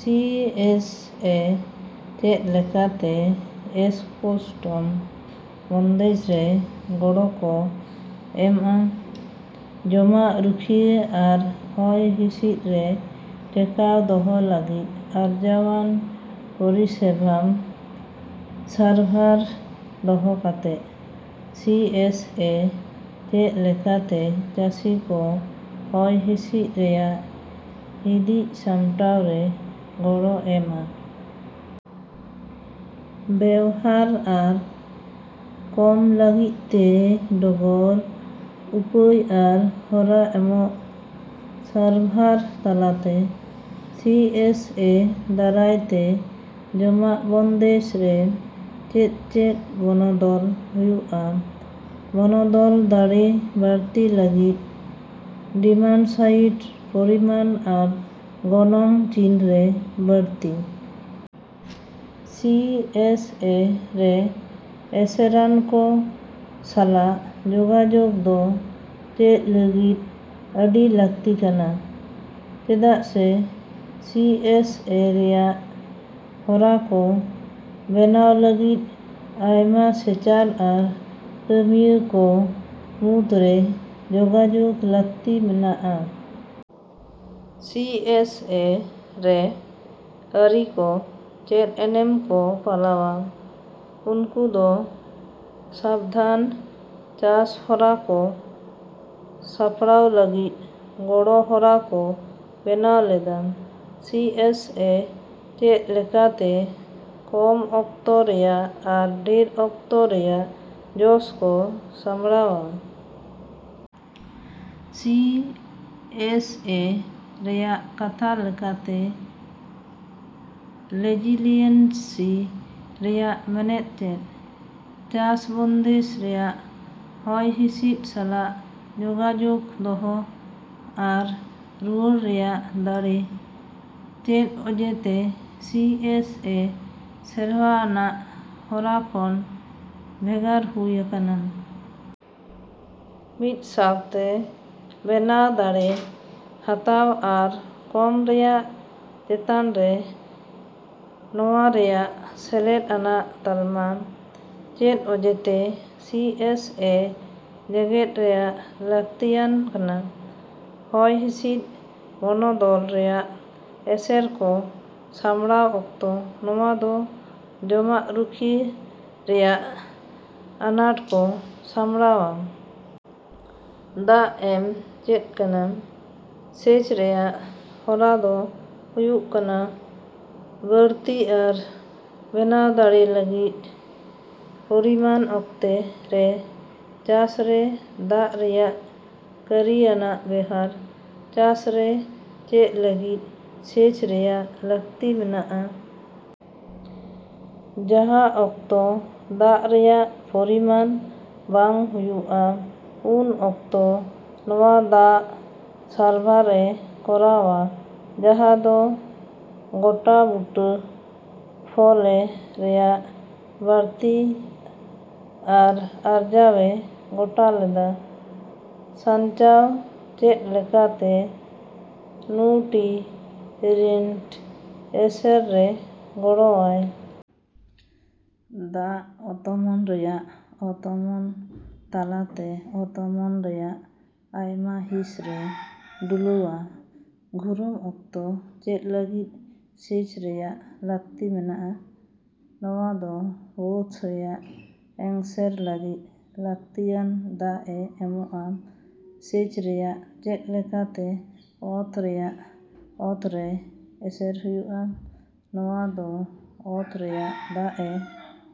C S A ᱪᱮᱫ ᱞᱮᱠᱟᱛᱮ ᱮᱥᱠᱳᱥᱴᱚᱢ ᱵᱚᱱᱫᱮᱡ ᱨᱮ ᱜᱚᱲᱚ ᱠᱚ ᱮᱢᱼᱟ? ᱡᱚᱢᱟᱜ ᱨᱩᱠᱷᱟᱹᱭᱤ ᱟᱨ ᱦᱚᱭ ᱦᱤᱥᱤᱫ ᱨᱮ ᱴᱮᱠᱟᱣ ᱫᱚᱦᱚ ᱞᱟᱹᱜᱤᱫ ᱟᱨᱡᱟᱹᱭᱟᱱ ᱯᱚᱨᱤᱥᱮᱵᱟ ᱥᱟᱨᱵᱷᱟᱨ ᱫᱚᱦᱚ ᱠᱟᱛᱮ᱾ ᱥᱤ ᱮᱥ ᱮ ᱪᱮᱫ ᱞᱮᱠᱟᱛᱮ ᱪᱟᱥᱤ ᱠᱚ ᱦᱚᱭ ᱦᱤᱥᱤᱫ ᱨᱮᱭᱟᱜ ᱦᱤᱫᱤᱡ ᱥᱟᱢᱲᱟᱣ ᱨᱮ ᱜᱚᱲᱚ ᱮᱢᱼᱟ? ᱵᱮᱣᱦᱟᱨ ᱟᱨ ᱠᱚᱢ ᱞᱟᱹᱜᱤᱫ ᱛᱮ ᱰᱚᱜᱚᱨ, ᱩᱯᱟᱹᱭ ᱟᱨ ᱦᱚᱨᱟ ᱮᱢᱚᱜ ᱥᱟᱨᱵᱷᱟᱨ ᱛᱟᱞᱟᱛᱮ᱾ ᱥᱤ ᱮᱥ ᱮ ᱫᱟᱨᱟᱭ ᱛᱮ ᱡᱚᱢᱟᱜ ᱵᱚᱱᱫᱮᱡ ᱨᱮ ᱪᱮᱫ ᱪᱮᱫ ᱵᱚᱱᱚᱫᱚᱞ ᱦᱳᱭᱳᱜᱼᱟ᱾ ᱵᱚᱱᱚᱫᱚᱞ ᱫᱟᱲᱮ ᱵᱟᱹᱲᱛᱤ ᱞᱟᱹᱜᱤᱫ ᱰᱤᱢᱟᱱᱼᱥᱟᱭᱰ ᱯᱚᱨᱤᱢᱟᱱ ᱟᱨ ᱜᱚᱱᱚᱝ ᱪᱤᱱ ᱨᱮ ᱵᱟᱹᱲᱛᱤ᱾ ᱥᱤ ᱮᱥ ᱮ ᱨᱮ ᱮᱥᱮᱨᱟᱱ ᱠᱚ ᱥᱟᱞᱟᱜ ᱡᱳᱜᱟᱡᱳᱜ ᱫᱚ ᱪᱮᱫ ᱞᱟᱹᱜᱤᱫ ᱟᱹᱰᱤ ᱞᱟᱹᱠᱛᱤ ᱠᱟᱱᱟ? ᱪᱮᱫᱟᱜ ᱥᱮ, ᱥᱤ ᱮᱥ ᱮ ᱨᱮᱭᱟᱜ ᱦᱚᱨᱟ ᱠᱚ ᱵᱮᱱᱟᱣ ᱞᱟᱹᱜᱤᱫ ᱟᱭᱢᱟ ᱥᱮᱪᱟᱨ ᱟᱨ ᱠᱟᱹᱢᱤᱭᱟᱹ ᱠᱚ ᱢᱩᱫᱨᱮ ᱡᱳᱜᱟᱡᱳᱜ ᱞᱟᱹᱠᱛᱤ ᱢᱮᱱᱟᱜᱼᱟ᱾ ᱥᱤ ᱮᱥ ᱮ ᱨᱮ ᱟᱹᱨᱤ ᱠᱚ ᱪᱮᱫ ᱮᱱᱮᱢ ᱠᱚ ᱯᱟᱞᱟᱣᱼᱟ? ᱩᱱᱠᱩ ᱫᱚ ᱥᱟᱹᱵᱫᱷᱟᱱ ᱪᱟᱥ ᱦᱚᱨᱟ ᱠᱚ ᱥᱟᱯᱲᱟᱣ ᱞᱟᱹᱜᱤᱫ ᱜᱚᱲᱚ ᱦᱚᱨᱟ ᱠᱚ ᱵᱮᱱᱟᱣ ᱞᱮᱫᱟ᱾ ᱥᱤᱹ ᱮᱥ ᱮᱹ ᱪᱮᱫ ᱞᱮᱠᱟᱛᱮ ᱠᱚᱢ ᱚᱠᱛᱚ ᱨᱮᱭᱟᱜ ᱟᱨ ᱰᱷᱮᱨ ᱚᱠᱛᱚ ᱨᱮᱭᱟᱜ ᱡᱚᱥ ᱠᱚ ᱥᱟᱢᱵᱲᱟᱣᱼᱟ? ᱥᱤ ᱮᱥ ᱮ ᱨᱮᱭᱟᱜ ᱠᱟᱛᱷᱟ ᱞᱮᱠᱟᱛᱮ ᱞᱮᱡᱤᱞᱤᱭᱮᱱᱥᱤ ᱨᱮᱭᱟᱜ ᱢᱮᱱᱮᱫ ᱪᱮᱫ? ᱪᱟᱥ ᱵᱚᱱᱫᱮᱡ ᱨᱮᱭᱟᱜ ᱦᱚᱭ ᱦᱤᱥᱤᱫ ᱥᱟᱞᱟᱜ ᱡᱳᱜᱟᱡᱳᱜ ᱫᱚᱦᱚ ᱟᱨ ᱨᱩᱣᱟᱹᱲ ᱨᱮᱭᱟᱜ ᱫᱟᱲᱮ᱾ ᱪᱮᱫ ᱚᱡᱮ ᱛᱮ ᱥᱤ ᱮᱥ ᱮ ᱥᱮᱨᱣᱟ ᱟᱱᱟᱜ ᱦᱚᱨᱟ ᱠᱷᱚᱱ ᱵᱷᱮᱜᱟᱨ ᱦᱩᱭ ᱟᱠᱟᱱᱟ? ᱢᱤᱫ ᱥᱟᱶᱛᱮ ᱵᱮᱱᱟᱣ ᱫᱟᱲᱮ, ᱦᱟᱛᱟᱣ ᱟᱨ ᱠᱚᱢ ᱨᱮᱭᱟᱜ ᱪᱮᱛᱟᱱ ᱨᱮ ᱱᱚᱶᱟ ᱨᱮᱭᱟᱜ ᱥᱮᱞᱮᱫ ᱟᱱᱟᱜ ᱛᱟᱞᱢᱟ᱾ ᱪᱮᱫ ᱚᱡᱮᱛᱮ ᱥᱤ ᱮᱥ ᱮ ᱡᱮᱜᱮᱫ ᱨᱮᱭᱟᱜ ᱞᱟᱹᱠᱛᱤᱭᱟᱱ ᱠᱟᱱᱟ? ᱦᱚᱭ ᱦᱤᱥᱤᱫ ᱵᱚᱱᱚᱫᱚᱞ ᱨᱮᱭᱟᱜ ᱮᱥᱮᱨ ᱠᱚ ᱥᱟᱢᱲᱟᱶ ᱚᱠᱛᱚ ᱱᱚᱶᱟ ᱫᱚ ᱡᱚᱢᱟᱜ ᱨᱩᱠᱷᱟᱹᱭᱤ ᱨᱮᱭᱟᱜ ᱟᱱᱟᱴ ᱠᱚ ᱥᱟᱢᱲᱟᱶᱼᱟ᱾ ᱫᱟᱜ ᱮᱢ ᱪᱮᱫ ᱠᱟᱱᱟ? ᱥᱮᱪ ᱨᱮᱭᱟᱜ ᱦᱚᱨᱟ ᱫᱚ ᱦᱩᱭᱩᱜ ᱠᱟᱱᱟ ᱵᱟᱹᱲᱛᱤ ᱟᱨ ᱵᱮᱱᱟᱣ ᱫᱟᱲᱮ ᱞᱟᱹᱜᱤᱫ ᱯᱚᱨᱤᱢᱟᱱ ᱚᱠᱛᱮ ᱨᱮ ᱪᱟᱥ ᱨᱮ ᱫᱟᱜ ᱨᱮᱭᱟᱜ ᱠᱟᱹᱨᱤ ᱟᱱᱟᱜ ᱵᱮᱣᱦᱟᱨ᱾ ᱪᱟᱥ ᱨᱮ ᱪᱮᱫ ᱞᱟᱹᱜᱤᱫ ᱥᱮᱪ ᱨᱮᱭᱟᱜ ᱞᱟᱹᱠᱛᱤ ᱢᱮᱱᱟᱜᱼᱟ? ᱡᱟᱦᱟᱸ ᱚᱠᱛᱚ ᱫᱟᱜ ᱨᱮᱭᱟᱜ ᱯᱚᱨᱤᱢᱟᱱ ᱵᱟᱝ ᱦᱚᱭᱩᱜ ᱟ, ᱩᱱ ᱚᱠᱛᱚ ᱱᱚᱶᱟ ᱫᱟᱜ ᱥᱟᱨᱵᱷᱟᱨ ᱮ ᱠᱚᱨᱟᱣᱼᱟ, ᱡᱟᱦᱟᱸ ᱫᱚ ᱜᱚᱴᱟᱵᱩᱴᱟᱹ ᱯᱷᱚᱞᱮ ᱨᱮᱭᱟᱜ ᱵᱟᱹᱲᱛᱤ ᱟᱨ ᱟᱨᱡᱟᱣ ᱮ ᱜᱚᱴᱟ ᱞᱮᱫᱟ᱾ ᱥᱟᱧᱪᱟᱣ ᱪᱮᱫ ᱞᱮᱠᱟᱛᱮ ᱱᱩᱴᱤᱨᱤᱱᱴ ᱮᱥᱮᱨ ᱨᱮ ᱜᱚᱲᱚ ᱟᱭ᱾ ᱫᱟᱜ ᱚᱛᱢᱚᱱ ᱨᱮᱭᱟᱜ ᱚᱛᱢᱚᱱ ᱛᱟᱞᱟᱛᱮ ᱚᱛᱢᱚᱱ ᱨᱮᱭᱟᱜ ᱟᱭᱢᱟ ᱦᱤᱸᱥ ᱨᱮ ᱰᱩᱞᱟᱣᱼᱟ᱾ ᱜᱷᱩᱨᱩᱢ ᱚᱠᱛᱚ ᱪᱮᱫ ᱞᱟᱹᱜᱤᱫ ᱥᱮᱪ ᱨᱮᱭᱟᱜ ᱞᱟᱹᱠᱛᱤ ᱢᱮᱱᱟᱜᱼᱟ? ᱱᱚᱶᱟ ᱫᱚ ᱵᱳᱫᱽᱫᱷ ᱨᱮᱭᱟᱜ ᱮᱝᱥᱮᱨ ᱞᱟᱹᱜᱤᱫ ᱞᱟᱹᱠᱛᱤ ᱟᱱ ᱫᱟᱜ ᱮ ᱮᱢᱚᱜᱼᱟ᱾ ᱥᱮᱪ ᱨᱮᱭᱟᱜ ᱪᱮᱫ ᱞᱮᱠᱟᱛᱮ ᱚᱛ ᱨᱮᱭᱟᱜ ᱚᱛ ᱨᱮ ᱮᱥᱮᱨ ᱦᱩᱭᱩᱜᱼᱟ? ᱱᱚᱶᱟ ᱫᱚ ᱚᱛ ᱨᱮᱭᱟᱜ ᱫᱟᱜ ᱮ